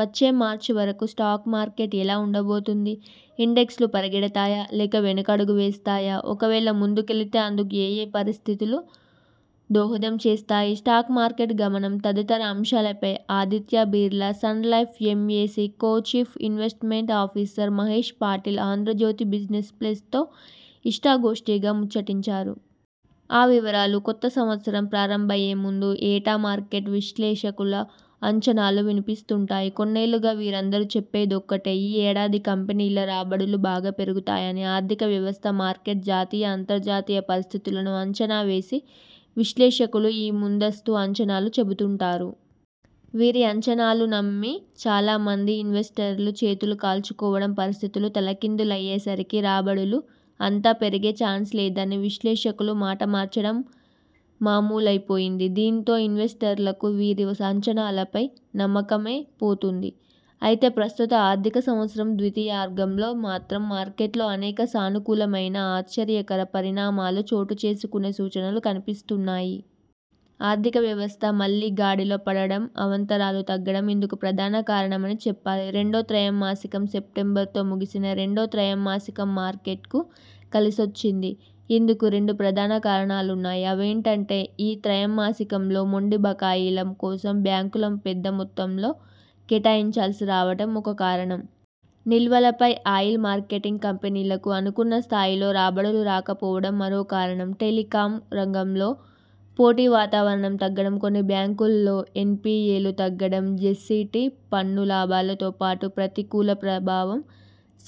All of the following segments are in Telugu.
వచ్చే మార్చి వరకు స్టాక్ మార్కెట్ ఎలా ఉండ బోతోంది? ఇండెక్స్లు పరుగెడతాయా? లేక వెనకడుగు వేస్తాయా? ఒకవేళ ముందు కెళితే అందుకు ఏయే పరిస్థితులు దోహదం చేస్తాయి? స్టాక్ మార్కెట్ గమనం, తదితర అంశాలపై Aditya Birla Sun Life AMC co chief investment officer Mahesh Patil 'Andhra Jyothi Business Plus' తో ఇష్ఠాగోష్ఠిగా ముచ్చటించారు. ఆ వివరాలు కొత్త సంవత్సరం ప్రారంభమయ్యే ముందు ఏటా మార్కెట్ విశ్లేషకుల అంచనాలు వినిపిస్తుంటాయి. కొన్నేళ్లుగా వీరందరూ చెప్పేది ఒక్కటే ఈ ఏడాది కంపెనీల రాబడులు బాగా పెరుగుతాయని. ఆర్థిక వ్యవస్థ, మార్కెట్, జాతీయ అంతర్జాతీయ పరిస్థితులను అంచనా వేసి విశ్లేషకులు ఈ ముందస్తు అంచనాలు చెబుతుంటారు. వీరి అంచనాలు నమ్మి చాలా మంది ఇన్వెస్టర్లు చేతులు కాల్చుకోవడం, పరిస్థితులు తలకిందులయ్యే సరికి రాబడులు అంత పెరిగే చాన్స్ లేదని విశ్లేషకులు మాట మార్చడం మామూ లైపోయింది. దీంతో ఇన్వెస్టర్లకు వీరి అంచనాలపై నమ్మకమే పోతుంది. అయితే ప్రస్తుత ఆర్థిక సంవత్సరం ద్వితీయార్ధంలో మాత్రం మార్కెట్లో అనేక సానుకూలమైన ఆశ్చర్యకర పరిణామాలు చోటు చేసుకునే సూచనలు కనిపిస్తున్నాయి. ఆర్థిక వ్యవస్థ మళ్లీ గాడిలో పడ డం, అవాంతరాలు తగ్గడం ఇందుకు ప్రధాన కారణమని చెప్పాలి. రెండో త్రైమాసికం సెప్టెంబరుతో ముగిసిన రెండో త్రైమాసికం మార్కెట్కు కలిసొచ్చింది. ఇందుకు రెండు ప్రధాన కారణాలున్నాయి. అవేంటంటే ఈ త్రైమాసికంలో మొండి బకాయిల కోసం బ్యాంకులు పెద్ద మొత్తంలో కేటాయించాల్సి రావడం ఒక కారణం. నిల్వల పై ఆయిల్ మార్కెటింగ్ కంపెనీలకు అనుకున్న స్థాయిలో రాబడులు రాకపోవడం మరో కారణం. టెలికాం రంగం లో పోటీ వాతావరణం తగ్గడం, కొన్ని బ్యాంకుల్లో ఎన్పిఎలు తగ్గడం, జెస్సిటి పన్ను లాభాలతో పాటు, ప్రతికూల ప్రభావం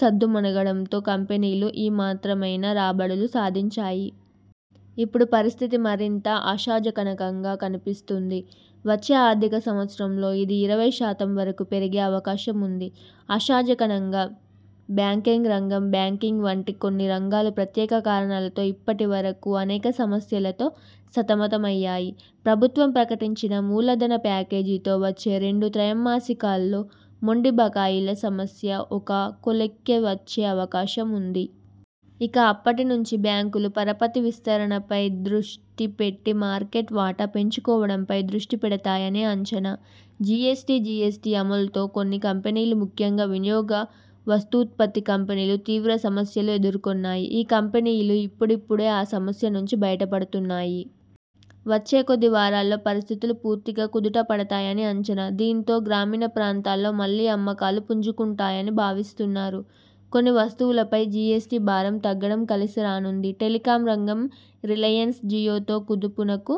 సద్దుమణగడంతో కంపెనీలు ఈ మాత్రమైనా రాబడులు సాధించాయి. ఇప్పుడు పరిస్థితి మరింత ఆశాజనకంగా కనిపిస్తోంది. వచ్చే ఆర్థిక సంవత్సరంలో ఇది ఇరవై శాతం వరకు పెరిగే అవకాశం ఉంది. ఆశాజనకంగా బ్యాంకింగ్ రంగం బ్యాంకింగ్ వంటి కొన్ని రంగాలు ప్రత్యేక కారణాలతో ఇప్పటి వరకు అనేక సమస్యలతో సతమతమయ్యాయి. ప్రభుత్వం ప్రకటించిన మూల ధన ప్యాకేజితో వచ్చే రెండు త్రైమాసికా ల్లో మొండి బకాయుల సమస్య ఒక కొలిక్కి వచ్చే అవకాశం ఉంది. ఇక అప్పటి నుంచి బ్యాంకులు పరపతి విస్తరణపై దృష్టి పెట్టి మార్కెట్ వాటా పెంచుకోవడంపై దృష్టి పెడతాయని అంచనా. జీఎస్టీ జీఎస్టీ అమలుతో కొన్ని కంపెనీలు, ముఖ్యంగా వినియోగ వస్తూత్పత్తి కంపెనీలు, తీవ్ర సమస్యలు ఎదుర్కొన్నాయి. ఈ కంపెనీలు ఇపుడిపుడే ఆ సమస్యల నుంచి బయట పడుతున్నాయి. వచ్చే కొద్ది వారాల్లో పరిస్థితులు పూర్తిగా కుదుట పడతాయని అంచనా. దీంతో గ్రామీణ ప్రాంతాల్లో మళ్లీ అమ్మకాలు పుంజుకుంటాయని భావిస్తున్నారు. కొన్ని వస్తువులపై జిఎస్టి భారం తగ్గడం కలిసి రానుంది. టెలికాం రంగం రిలయన్స్ జియోతో కుదుపునకు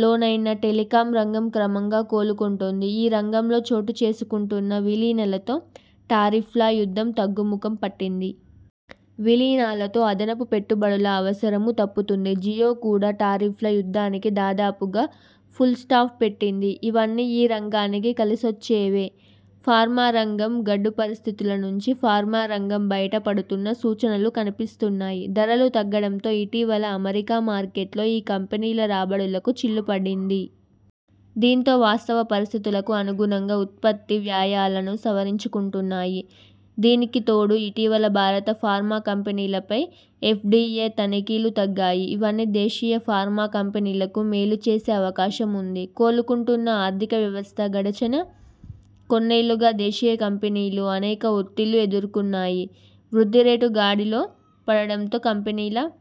లోనైన టెలికాం రంగం క్రమంగా కోలుకుంటోంది. ఈ రంగంలో చోటు చేసుకుంటున్న విలీనాలతో టారిఫ్ల యుద్ధం తగ్గుముఖం పట్టింది. విలీనాలతో అదనపు పెట్టుబడుల అవసరమూ తప్పుతుంది. జియో కూడా టారిఫ్ ల యుద్ధానికి దాదాపుగా ఫుల్ స్టాప్ పెట్టింది. ఇవన్నీ ఈ రంగానికి కలిసొచ్చేవే. ఫార్మా రంగం గడ్డు పరిస్థితుల నుంచి ఫార్మా రంగం బయట పడుతున్న సూచనలు కనిపిస్తున్నాయి. ధరలు తగ్గడంతో ఇటీవల అమెరికా మార్కెట్లో ఈ కంపెనీల రాబడులకు చిల్లు పడింది. దీంతో వాస్తవ పరిస్థితులకు అనుగుణంగా ఉత్పత్తి వ్యయాలనూ సవరించుకుంటున్నాయి. దీనికి తోడు ఇటీవల భారత ఫార్మా కంపెనీలపై ఎఫ్డిఎ తనిఖీలు తగ్గాయి. ఇవన్నీ దేశీయ ఫార్మా కంపెనీలకు మేలు చేసే అవకాశం ఉంది. కోలుకుంటున్న ఆర్థిక వ్యవస్థ గడచిన కొన్నేళ్లుగా దేశీయ కంపెనీలు అనేక ఒత్తిళ్లు ఎదుర్కొన్నాయి. వృద్ధి రేటు గాడిలో పడడంతో కంపెనీల